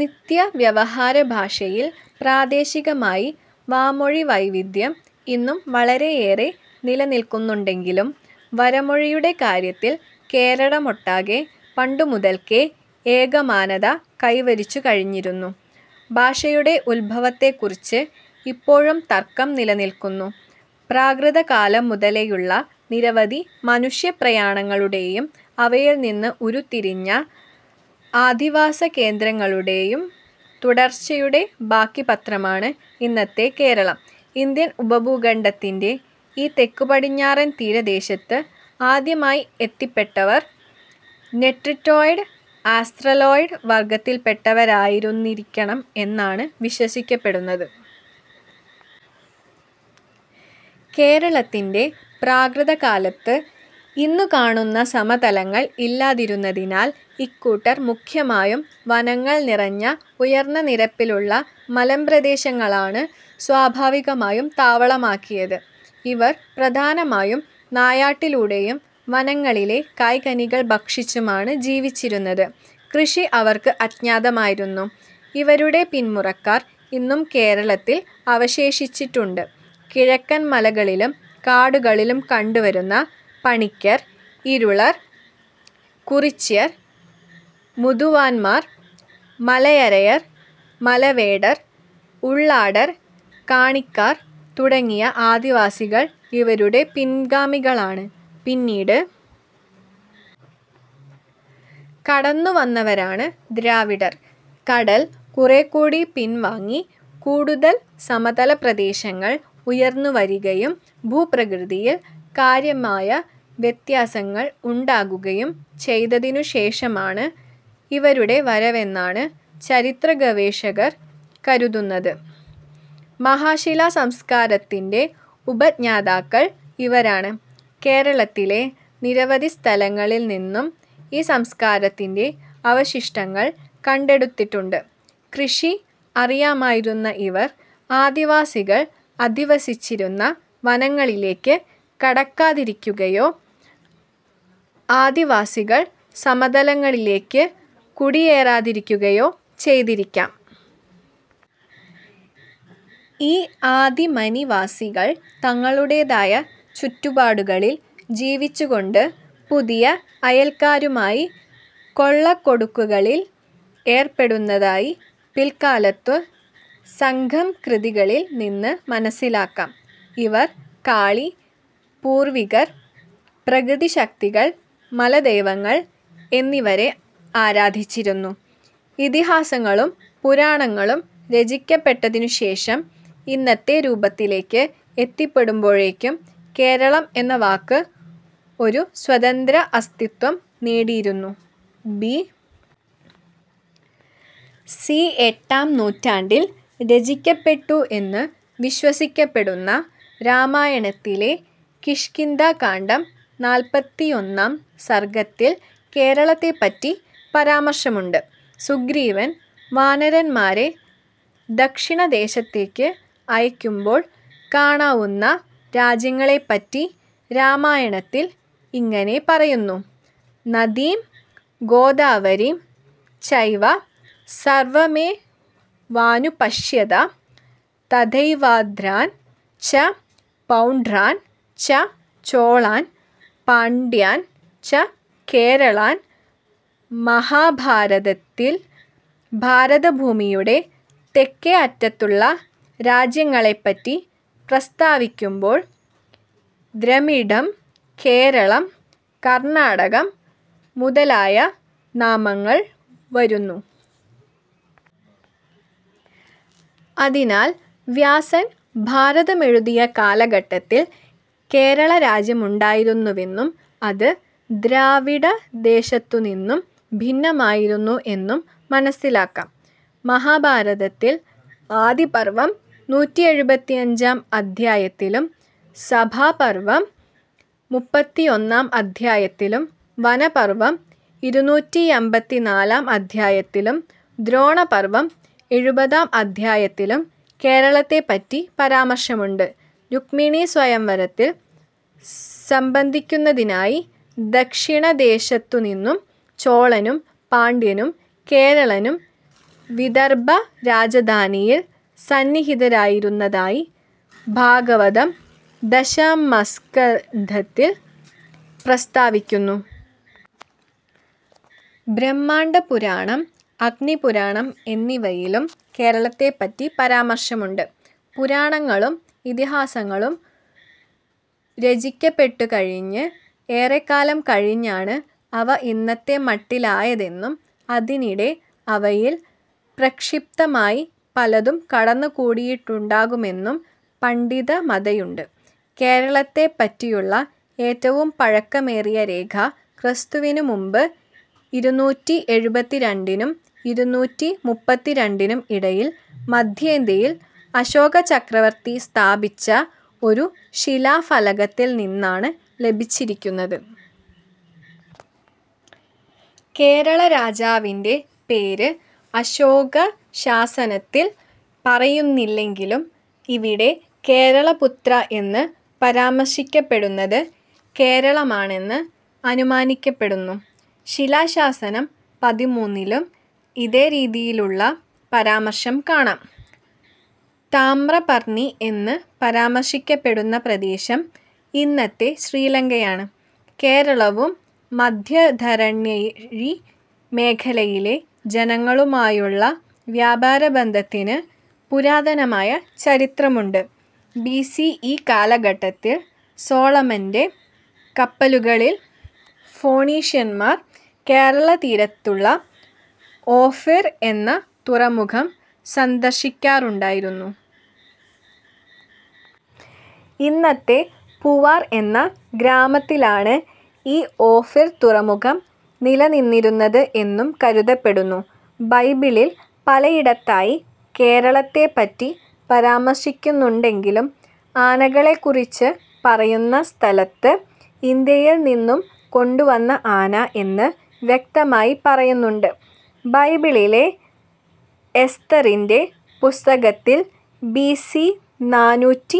നിത്യവ്യവഹാരഭാഷയിൽ പ്രാദേശികമായി വാമൊഴി വൈവിധ്യം ഇന്നും വളരെയേറെ നിലനിൽക്കുന്നുണ്ടെങ്കിലും വരമൊഴിയുടെ കാര്യത്തിൽ കേരളമൊട്ടാകെ പണ്ടുമുതൽക്കേ ഏകമാനത കൈവരിച്ചുകഴിഞ്ഞിരുന്നു. ഭാഷയുടെ ഉത്ഭവത്തെക്കുറിച്ച് ഇപ്പോഴും തർക്കം നിലനിൽക്കുന്നു. പ്രാകൃതകാലം മുതലേയുള്ള നിരവധി മനുഷ്യപ്രയാണങ്ങളുടെയും അവയിൽനിന്ന് ഉരുത്തിരിഞ്ഞ അധിവാസകേന്ദ്രങ്ങളുടെയും തുടർച്ചയുടെ ബാക്കിപത്രമാണ് ഇന്നത്തെ കേരളം. ഇന്ത്യൻ ഉപഭൂഖണ്ഡത്തിൻ്റെ ഈ തെക്കുപടിഞ്ഞാറൻ തീരദേശത്ത് ആദ്യമായി എത്തിപ്പെട്ടവർ നെഗ്രിറ്റോയ്ഡ് ആസ്ത്രലോയ്ഡ് വർഗത്തിൽപ്പെട്ടവരായിരുന്നിരിക്കണം എന്നാണ് വിശ്വസിക്കപ്പെടുന്നത്. കേരളത്തിൻ്റെ പ്രാകൃതകാലത്ത് ഇന്നുകാണുന്ന സമതലങ്ങൾ ഇല്ലാതിരുന്നതിനാൽ ഇക്കൂട്ടർ മുഖ്യമായും വനങ്ങൾ നിറഞ്ഞ ഉയർന്ന നിരപ്പിലുള്ള മലമ്പ്രദേശങ്ങളാണ് സ്വാഭാവികമായും താവളമാക്കിയത്. ഇവർ പ്രധാനമായും നായാട്ടിലൂടെയും വനങ്ങളിലെ കായ്കനികൾ ഭക്ഷിച്ചുമാണ് ജീവിച്ചിരുന്നത്. കൃഷി അവർക്ക് അജ്ഞാതമായിരുന്നു. ഇവരുടെ പിന്മുറക്കാർ ഇന്നും കേരളത്തിൽ അവശേഷിച്ചിട്ടുണ്ട്. കിഴക്കൻ മലകളിലും കാടുകളിലും കണ്ടുവരുന്ന പണിക്കർ ,ഇരുളർ, കുറിച്യർ, മുതുവാന്മാർ, മലയരയർ, മലവേടർ, ഉള്ളാടർ, കാണിക്കാർ തുടങ്ങിയ ആദിവാസികൾ ഇവരുടെ പിൻഗാമികളാണ്. പിന്നീട് കടന്നുവന്നവരാണ് ദ്രാവിഡർ. കടൽ കുറേക്കൂടി പിൻവാങ്ങി കൂടുതൽ സമതലപ്രദേശങ്ങൾ ഉയർന്നുവരികയും ഭൂപ്രകൃതിയിൽ കാര്യമായ വ്യത്യാസങ്ങൾ ഉണ്ടാകുകയും ചെയ്തതിനുശേഷമാണ് ഇവരുടെ വരവെന്നാണ് ചരിത്രഗവേഷകർ കരുതുന്നത്. മഹാശിലാസംസ്കാരത്തിൻ്റെ ഉപജ്ഞാതാക്കൾ ഇവരാണ്. കേരളത്തിലെ നിരവധി സ്ഥലങ്ങളിൽ നിന്നും ഈ സംസ്കാരത്തിൻ്റെ അവശിഷ്ടങ്ങൾ കണ്ടെടുത്തിട്ടുണ്ട്. കൃഷി അറിയാമായിരുന്ന ഇവർ ആദിമനിവാസികൾ അധിവസിച്ചിരുന്ന വനങ്ങളിലേക്ക് കടക്കാതിരിക്കുകയോ ആദിമനിവാസികൾ സമതലങ്ങളിലേക്ക് കുടിയേറാതിരിക്കുകയോ ചെയ്തിരിക്കാം. ഈ ആദിമനിവാസികൾ തങ്ങളുടേതായ ചുറ്റുപാടുകളിൽ ജീവിച്ചുകൊണ്ട് പുതിയ അയൽക്കാരുമായി കൊള്ളക്കൊടുക്കകളിൽ ഏർപ്പെട്ടിരുന്നതായി പിൽക്കാലത്തെ സംഘം കൃതികളിൽ നിന്ന് മനസ്സിലാക്കാം. ഇവർ കാളി, പൂർവികർ, പ്രകൃതിശക്തികൾ, മലദൈവങ്ങൾ എന്നിവരെ ആരാധിച്ചിരുന്നു. ഇതിഹാസങ്ങളും പുരാണങ്ങളും രചിക്കപ്പെട്ടതിനുശേഷം ഇന്നത്തെ രൂപത്തിലേക്ക് എത്തിപ്പെടുമ്പോഴേക്കും കേരളം എന്ന വാക്ക് ഒരു സ്വതന്ത്ര അസ്തിത്വം നേടിയിരുന്നു.ബി. സി എട്ടാം നൂറ്റാണ്ടിൽ രചിക്കപ്പെട്ടു എന്ന് വിശ്വസിക്കപ്പെടുന്ന രാമായണത്തിലെ കിഷ്കിന്ധാകാണ്ഡം നാല്പത്തിയൊന്നാം സർഗത്തിൽ കേരളത്തെപ്പറ്റി പരാമർശമുണ്ട്. സുഗ്രീവൻ വാനരന്മാരെ ദക്ഷിണദേശത്തേക്ക് അയക്കുമ്പോൾ കാണാവുന്ന രാജ്യങ്ങളെപ്പറ്റി രാമായണത്തിൽ ഇങ്ങനെ പറയുന്നു. നദീം ഗോദാവരീം ചൈവ സർവമേവാനുപശ്യത തഥൈവാന്ധ്രാൻ ച പൗണ്ഡ്രാൻ ച ചോളാൻ പാണ്ഡ്യാൻ ച കേരളാൻ മഹാഭാരതത്തിൽ ഭാരതഭൂമിയുടെ തെക്കേ അറ്റത്തുള്ള രാജ്യങ്ങളെപ്പറ്റി പ്രസ്താവിക്കുമ്പോൾ ദ്രമിഡം, കേരളം, കർണാടകം മുതലായ നാമങ്ങൾ വരുന്നു. അതിനാൽ വ്യാസൻ ഭാരതമെഴുതിയ കാലഘട്ടത്തിൽ കേരളരാജ്യമുണ്ടായിരുന്നുവെന്നും അത് ദ്രാവിഡദേശത്തുനിന്നും ഭിന്നമായിരുന്നു എന്നും മനസ്സിലാക്കാം. മഹാഭാരതത്തിൽ ആദിപർവം നൂറ്റിയെഴുപത്തിയഞ്ചാം അധ്യായത്തിലും, സഭാപർവം മുപ്പത്തിയൊന്നാം അധ്യായത്തിലും, വനപർവം ഇരുന്നൂറ്റിയമ്പത്തിനാലാം അധ്യായത്തിലും, ദ്രോണപർവം എഴുപതാം അധ്യായത്തിലും കേരളത്തെപ്പറ്റി പരാമർശമുണ്ട്. രുക്മിണീസ്വയംവരത്തിൽ സംബന്ധിക്കുന്നതിനായി ദക്ഷിണദേശത്തുനിന്നും ചോളനും, പാണ്ഡ്യനും, കേരളനും വിദർഭ രാജധാനിയിൽ സന്നിഹിതരായിരുന്നതായി ഭാഗവതം ദശമസ്കന്ധത്തിൽ പ്രസ്താവിക്കുന്നു. ബ്രഹ്മാണ്ഡപുരാണം, അഗ്നിപുരാണം എന്നിവയിലും കേരളത്തെപ്പറ്റി പരാമർശമുണ്ട്. പുരാണങ്ങളും ഇതിഹാസങ്ങളും രചിക്കപ്പെട്ടുകഴിഞ്ഞ് ഏറെക്കാലം കഴിഞ്ഞാണ് അവ ഇന്നത്തെ മട്ടിലായതെന്നും അതിനിടെ അവയിൽ പ്രക്ഷിപ്തമായി പലതും കടന്നുകൂടിയിട്ടുണ്ടാകുമെന്നും പണ്ഡിതമതമുണ്ട്. കേരളത്തെപ്പറ്റിയുള്ള ഏറ്റവും പഴക്കമേറിയ രേഖ ക്രിസ്തുവിന് മുമ്പ് ഇരുന്നൂറ്റി എഴുപത്തിരണ്ടിനും ഇരുന്നൂറ്റിമുപ്പത്തിരണ്ടിനും ഇടയിൽ മധ്യേന്ത്യയിൽ അശോകചക്രവർത്തി സ്ഥാപിച്ച ഒരു ശിലാഫലകത്തിൽ നിന്നാണ് ലഭിച്ചിരിക്കുന്നത്. കേരളരാജാവിൻ്റെ പേര്അശോകശാസനത്തിൽ പറയുന്നില്ലെങ്കിലും ഇവിടെ കേരളപുത്ര എന്ന് പരാമർശിക്കപ്പെടുന്നത് കേരളമാണെന്ന് അനുമാനിക്കപ്പെടുന്നു. ശിലാശാസനം പതിമൂന്നിലും ഇതേരീതിയിലുള്ള പരാമർശം കാണാം. താമ്രപർണി എന്ന് പരാമർശിക്കപ്പെടുന്ന പ്രദേശം ഇന്നത്തെ ശ്രീലങ്കയാണ്. കേരളവും മധ്യധരണ്യാഴി മേഖലയിലെ ജനങ്ങളുമായുള്ള വ്യാപാരബന്ധത്തിന് പുരാതനമായ ചരിത്രമുണ്ട്.ബി. സി. ഇ കാലഘട്ടത്തിൽ സോളമൻ്റെ കപ്പലുകളിൽ ഫൊണീഷ്യന്മാർ കേരളതീരത്തുള്ള ഓഫിർ എന്ന തുറമുഖം സന്ദർശിക്കാറുണ്ടായിരുന്നു. ഇന്നത്തെ പൂവാർ എന്ന ഗ്രാമത്തിലാണ് ഈ ഓഫിർ തുറമുഖം നിലനിന്നിരുന്നത് എന്നും കരുതപ്പെടുന്നു. ബൈബിളിൽ പലയിടത്തായി കേരളത്തെപ്പറ്റി പരാമർശിക്കുന്നുണ്ടെങ്കിലും ആനകളെക്കുറിച്ച് പറയുന്ന സ്ഥലത്ത് ഇന്ത്യയിൽ നിന്നും കൊണ്ടുവന്ന ആന എന്ന് വ്യക്തമായി പറയുന്നുണ്ട്. ബൈബിളിലെ എസ്തറിൻ്റെ പുസ്തകത്തിൽ ബി. സി. നാലൂറ്റി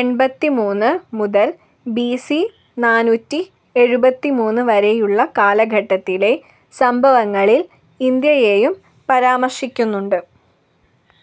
എൺപത്തിമൂന്ന് മുതൽ ബി. സി. നാനൂറ്റി എഴുപത്തിമൂന്ന് വരെയുള്ള കാലഘട്ടത്തിലെ സംഭവങ്ങളിൽ ഇന്ത്യയെയും പരാമർശിക്കുന്നുണ്ട്.